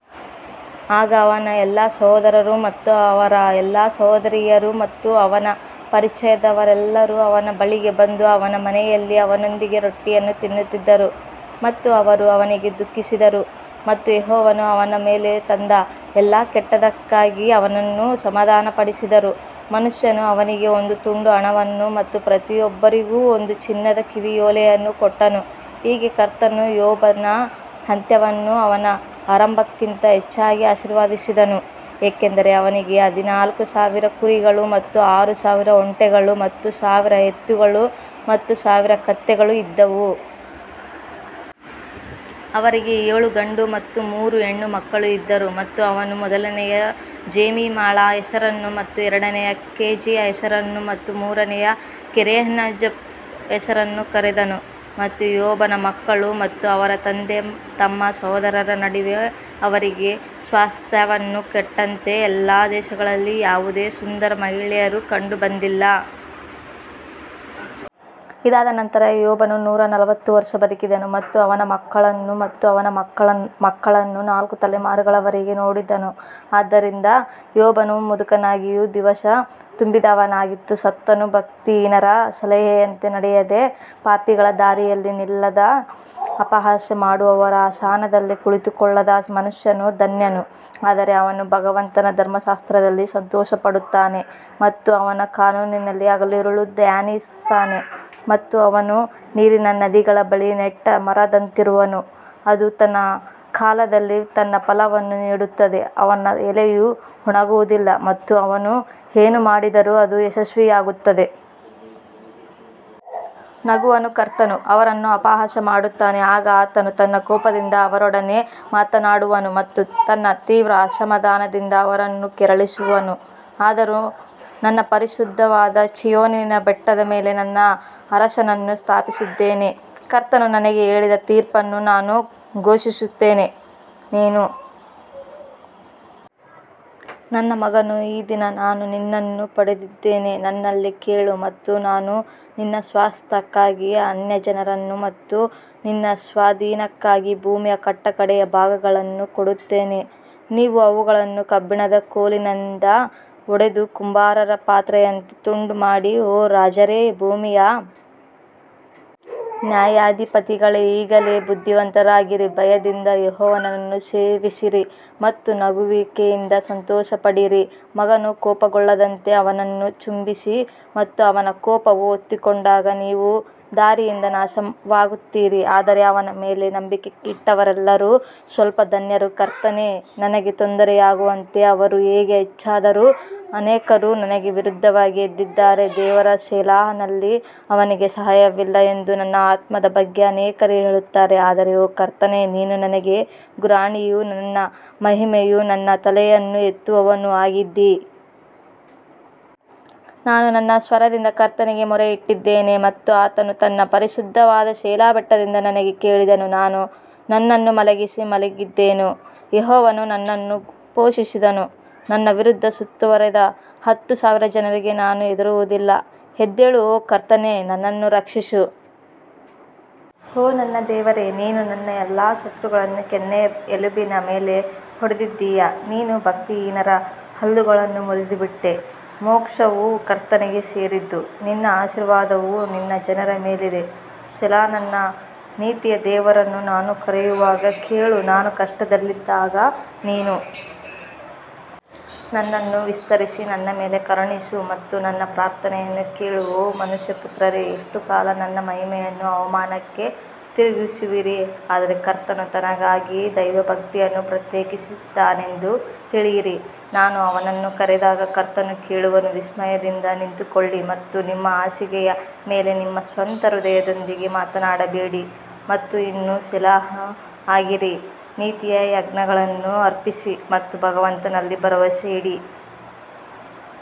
ಆಗ ಅವನ ಎಲ್ಲಾ ಸಹೋದರರು ಮತ್ತು ಅವರ ಎಲ್ಲಾ ಸಹೋದರಿಯರು ಮತ್ತು ಅವನ ಪರಿಚಯದವರೆಲ್ಲರೂ ಅವನ ಬಳಿಗೆ ಬಂದು ಅವನ ಮನೆಯಲ್ಲಿ ಅವನೊಂದಿಗೆ ರೊಟ್ಟಿಯನ್ನು ತಿನ್ನುತ್ತಿದ್ದರು ಮತ್ತು ಅವರು ಅವನಿಗೆ ದುಃಖಿಸಿದರು ಮತ್ತು ಯೆಹೋವನು ಅವನ ಮೇಲೆ ತಂದ ಎಲ್ಲಾ ಕೆಟ್ಟದ್ದಕ್ಕಾಗಿ ಅವನನ್ನು ಸಮಾಧಾನಪಡಿಸಿದರು. ಮನುಷ್ಯನು ಅವನಿಗೆ ಒಂದು ತುಂಡು ಹಣವನ್ನು ಮತ್ತು ಪ್ರತಿಯೊಬ್ಬರಿಗೂ ಒಂದು ಚಿನ್ನದ ಕಿವಿಯೋಲೆಯನ್ನು ಕೊಟ್ಟನು ಹೀಗೆ ಕರ್ತನು ಯೋಬನ ಅಂತ್ಯವನ್ನು ಅವನ ಆರಂಭಕ್ಕಿಂತ ಹೆಚ್ಚಾಗಿ ಆಶೀರ್ವದಿಸಿದನು, ಏಕೆಂದರೆ ಅವನಿಗೆ ಹದಿನಾಲ್ಕು ಸಾವಿರ ಕುರಿಗಳು ಮತ್ತು ಆರು ಸಾವಿರ ಒಂಟೆಗಳು ಮತ್ತು ಸಾವಿರ ಎತ್ತುಗಳು ಮತ್ತು ಸಾವಿರ ಕತ್ತೆಗಳು ಇದ್ದವು. ಅವರಿಗೆ ಏಳು ಗಂಡು ಮತ್ತು ಮೂರು ಹೆಣ್ಣು ಮಕ್ಕಳೂ ಇದ್ದರು ಮತ್ತು ಅವನು ಮೊದಲನೆಯ ಜೆಮಿಮಾಳ ಹೆಸರನ್ನು ಮತ್ತು ಎರಡನೆಯ ಕೆಜಿಯ ಹೆಸರನ್ನು ಮತ್ತು ಮೂರನೆಯ ಕೆರೆನ್ಹಪ್ಪುಚ್ ಹೆಸರನ್ನು ಕರೆದನು. ಮತ್ತು ಯೋಬನ ಹೆಣ್ಣುಮಕ್ಕಳು ಮತ್ತು ಅವರ ತಂದೆ ತಮ್ಮ ಸಹೋದರರ ನಡುವೆ ಅವರಿಗೆ ಸ್ವಾಸ್ತ್ಯವನ್ನು ಕೊಟ್ಟಂತೆ ಎಲ್ಲಾ ದೇಶಗಳಲ್ಲಿ ಯಾವುದೇ ಸುಂದರ ಮಹಿಳೆಯರು ಕಂಡುಬಂದಿಲ್ಲ. ಇದಾದ ನಂತರ ಯೋಬನು ನೂರ ನಲವತ್ತು ವರ್ಷ ಬದುಕಿದನು ಮತ್ತು ಅವನ ಮಕ್ಕಳನ್ನು ಮತ್ತು ಅವನ ಮಕ್ಕಳ ಮಕ್ಕಳನ್ನು ನಾಲ್ಕು ತಲೆಮಾರುಗಳವರೆಗೆ ನೋಡಿದನು ಆದ್ದರಿಂದ ಯೋಬನು ಮುದುಕನಾಗಿಯೂ ದಿವಸ ತುಂಬಿದವನಾಗಿಯೂ ಸತ್ತನು ಭಕ್ತಿಹೀನರ ಸಲಹೆಯಂತೆ ನಡೆಯದೆ, ಪಾಪಿಗಳ ದಾರಿಯಲ್ಲಿ ನಿಲ್ಲದೆ, ಅಪಹಾಸ್ಯ ಮಾಡುವವರ ಆಸನದಲ್ಲಿ ಕುಳಿತುಕೊಳ್ಳದ ಮನುಷ್ಯನು ಧನ್ಯನು ಆದರೆ ಅವನು ಭಗವಂತನ ಧರ್ಮಶಾಸ್ತ್ರದಲ್ಲಿ ಸಂತೋಷಪಡುತ್ತಾನೆ ಮತ್ತು ಅವನ ಕಾನೂನಿನಲ್ಲಿ ಹಗಲಿರುಳು ಧ್ಯಾನಿಸುತ್ತಾನೆ ಮತ್ತು ಅವನು ನೀರಿನ ನದಿಗಳ ಬಳಿ ನೆಟ್ಟ ಮರದಂತಿರುವನು, ಅದು ತನ್ನ ಕಾಲದಲ್ಲಿ ತನ್ನ ಫಲವನ್ನು ನೀಡುತ್ತದೆ, ಅವನ ಎಲೆಯು ಒಣಗುವುದಿಲ್ಲ ಮತ್ತು ಅವನು ಏನು ಮಾಡಿದರೂ ಅದು ಯಶಸ್ವಿಯಾಗುತ್ತದೆ. ನಗುವನು ಕರ್ತನು ಅವರನ್ನು ಅಪಹಾಸ್ಯ ಮಾಡುತ್ತಾನೆ ಆಗ ಆತನು ತನ್ನ ಕೋಪದಿಂದ ಅವರೊಡನೆ ಮಾತನಾಡುವನು ಮತ್ತು ತನ್ನ ತೀವ್ರ ಅಸಮಾಧಾನದಿಂದ ಅವರನ್ನು ಕೆರಳಿಸುವನು ಆದರೂ ನನ್ನ ಪರಿಶುದ್ಧವಾದ ಚೀಯೋನಿನ ಬೆಟ್ಟದ ಮೇಲೆ ನನ್ನ ಅರಸನನ್ನು ಸ್ಥಾಪಿಸಿದ್ದೇನೆ ಕರ್ತನು ನನಗೆ ಹೇಳಿದ ತೀರ್ಪನ್ನು ನಾನು ಘೋಷಿಸುತ್ತೇನೆ, ನೀನು ನನ್ನ ಮಗನು ಈ ದಿನ ನಾನು ನಿನ್ನನ್ನು ಪಡೆದಿದ್ದೇನೆ ನನ್ನಲ್ಲಿ ಕೇಳು ಮತ್ತು ನಾನು ನಿನ್ನ ಸ್ವಾಸ್ತ್ಯಕ್ಕಾಗಿ ಅನ್ಯಜನರನ್ನು ಮತ್ತು ನಿನ್ನ ಸ್ವಾಧೀನಕ್ಕಾಗಿ ಭೂಮಿಯ ಕಟ್ಟಕಡೆಯ ಭಾಗಗಳನ್ನು ಕೊಡುತ್ತೇನೆ ನೀನು ಅವುಗಳನ್ನು ಕಬ್ಬಿಣದ ಕೋಲಿನಿಂದ ಒಡೆದು ಕುಂಬಾರರ ಪಾತ್ರೆಯಂತೆ ತುಂಡು ಮಾಡಿ ಓ ರಾಜರೇ, ಭೂಮಿಯ ನ್ಯಾಯಾಧಿಪತಿಗಳೇ, ಈಗಲೇ ಬುದ್ಧಿವಂತರಾಗಿರಿ ಭಯದಿಂದ ಯೆಹೋವನನ್ನು ಸೇವಿಸಿರಿ ಮತ್ತು ನಡುಗುವಿಕೆಯಿಂದ ಸಂತೋಷಪಡಿರಿ ಮಗನು ಕೋಪಗೊಳ್ಳದಂತೆ ಅವನನ್ನು ಚುಂಬಿಸಿ ಮತ್ತು ಅವನ ಕೋಪವು ಹೊತ್ತಿಕೊಂಡಾಗ ನೀವು ದಾರಿಯಿಂದ ನಾಶವಾಗುತ್ತೀರಿ ಆದರೆ ಅವನ ಮೇಲೆ ನಂಬಿಕೆ ಇಟ್ಟವರೆಲ್ಲರೂ ಸ್ವಲ್ಪ ಧನ್ಯರು ಕರ್ತನೇ, ನನಗೆ ತೊಂದರೆಯಾಗುವಂತೆ ಅವರು ಹೇಗೆ ಹೆಚ್ಚಾದರು, ಅನೇಕರು ನನಗೆ ವಿರುದ್ಧವಾಗಿ ಎದ್ದಿದ್ದಾರೆ ದೇವರ ಸೆಲಾನಲ್ಲಿ ಅವನಿಗೆ ಸಹಾಯವಿಲ್ಲ ಎಂದು ನನ್ನ ಆತ್ಮದ ಬಗ್ಗೆ ಅನೇಕರು ಹೇಳುತ್ತಾರೆ ಆದರೆ ಓ ಕರ್ತನೇ ನೀನು ನನಗೆ ಗುರಾಣಿಯೂ ನನ್ನ ಮಹಿಮೆಯೂ ನನ್ನ ತಲೆಯನ್ನು ಎತ್ತುವವನೂ ಆಗಿದ್ದೀ. ನಾನು ನನ್ನ ಸ್ವರದಿಂದ ಕರ್ತನಿಗೆ ಮೊರೆಯಿಟ್ಟಿದ್ದೇನೆ ಮತ್ತು ಆತನು ತನ್ನ ಪರಿಶುದ್ಧವಾದ ಸೆಲಾ ಬೆಟ್ಟದಿಂದ ನನಗೆ ಕೇಳಿದನು ನಾನು ನನ್ನನ್ನು ಮಲಗಿಸಿ ಮಲಗಿದೆನು, ಯೆಹೋವನು ನನ್ನನ್ನು ಪೋಷಿಸಿದನು ನನ್ನ ವಿರುದ್ಧ ಸುತ್ತುವರಿದ ಹತ್ತು ಸಾವಿರ ಜನರಿಗೆ ನಾನು ಹೆದರುವುದಿಲ್ಲ ಎದ್ದೇಳು ಓ ಕರ್ತನೇ ನನ್ನನ್ನು ರಕ್ಷಿಸು ಓ ನನ್ನ ದೇವರೇ ನೀನು ನನ್ನ ಎಲ್ಲಾ ಶತ್ರುಗಳನ್ನು ಕೆನ್ನೆಯ ಎಲುಬಿನ ಮೇಲೆ ಹೊಡೆದಿದ್ದೀಯ ನೀನು ಭಕ್ತಿಹೀನರ ಹಲ್ಲುಗಳನ್ನು ಮುರಿದುಬಿಟ್ಟೆ ಮೋಕ್ಷವು ಕರ್ತನಿಗೆ ಸೇರಿದ್ದು ನಿನ್ನ ಆಶೀರ್ವಾದವು ನಿನ್ನ ಜನರ ಮೇಲಿದೆ ಸೆಲಾ ನನ್ನ ನೀತಿಯ ದೇವರನ್ನು ನಾನು ಕರೆಯುವಾಗ ಕೇಳು, ನಾನು ಕಷ್ಟದಲ್ಲಿದ್ದಾಗ ನೀನು ನನ್ನನ್ನು ವಿಸ್ತರಿಸಿ ನನ್ನ ಮೇಲೆ ಕರುಣಿಸು ಮತ್ತು ನನ್ನ ಪ್ರಾರ್ಥನೆಯನ್ನು ಕೇಳು ಓ ಮನುಷ್ಯಪುತ್ರರೇ, ಎಷ್ಟು ಕಾಲ ನನ್ನ ಮಹಿಮೆಯನ್ನು ಅವಮಾನಕ್ಕೆ ತಿರುಗಿಸುವಿರಿ ಆದರೆ ಕರ್ತನು ತನಗಾಗಿ ದೈವಭಕ್ತಿಯನ್ನು ಪ್ರತ್ಯೇಕಿಸಿದ್ದಾನೆಂದು ತಿಳಿಯಿರಿ, ನಾನು ಅವನನ್ನು ಕರೆದಾಗ ಕರ್ತನು ಕೇಳುವನು ವಿಸ್ಮಯದಿಂದ ನಿಂತುಕೊಳ್ಳಿ ಮತ್ತು ನಿಮ್ಮ ಹಾಸಿಗೆಯ ಮೇಲೆ ನಿಮ್ಮ ಸ್ವಂತ ಹೃದಯದೊಂದಿಗೆ ಮಾತನಾಡಬೇಡಿ ಮತ್ತು ಇನ್ನೂ ಸೆಲಾಹ್ ಆಗಿರಿ ನೀತಿಯ ಯಜ್ಞಗಳನ್ನು ಅರ್ಪಿಸಿ ಮತ್ತು ಭಗವಂತನಲ್ಲಿ ಭರವಸೆಯಿಡಿ.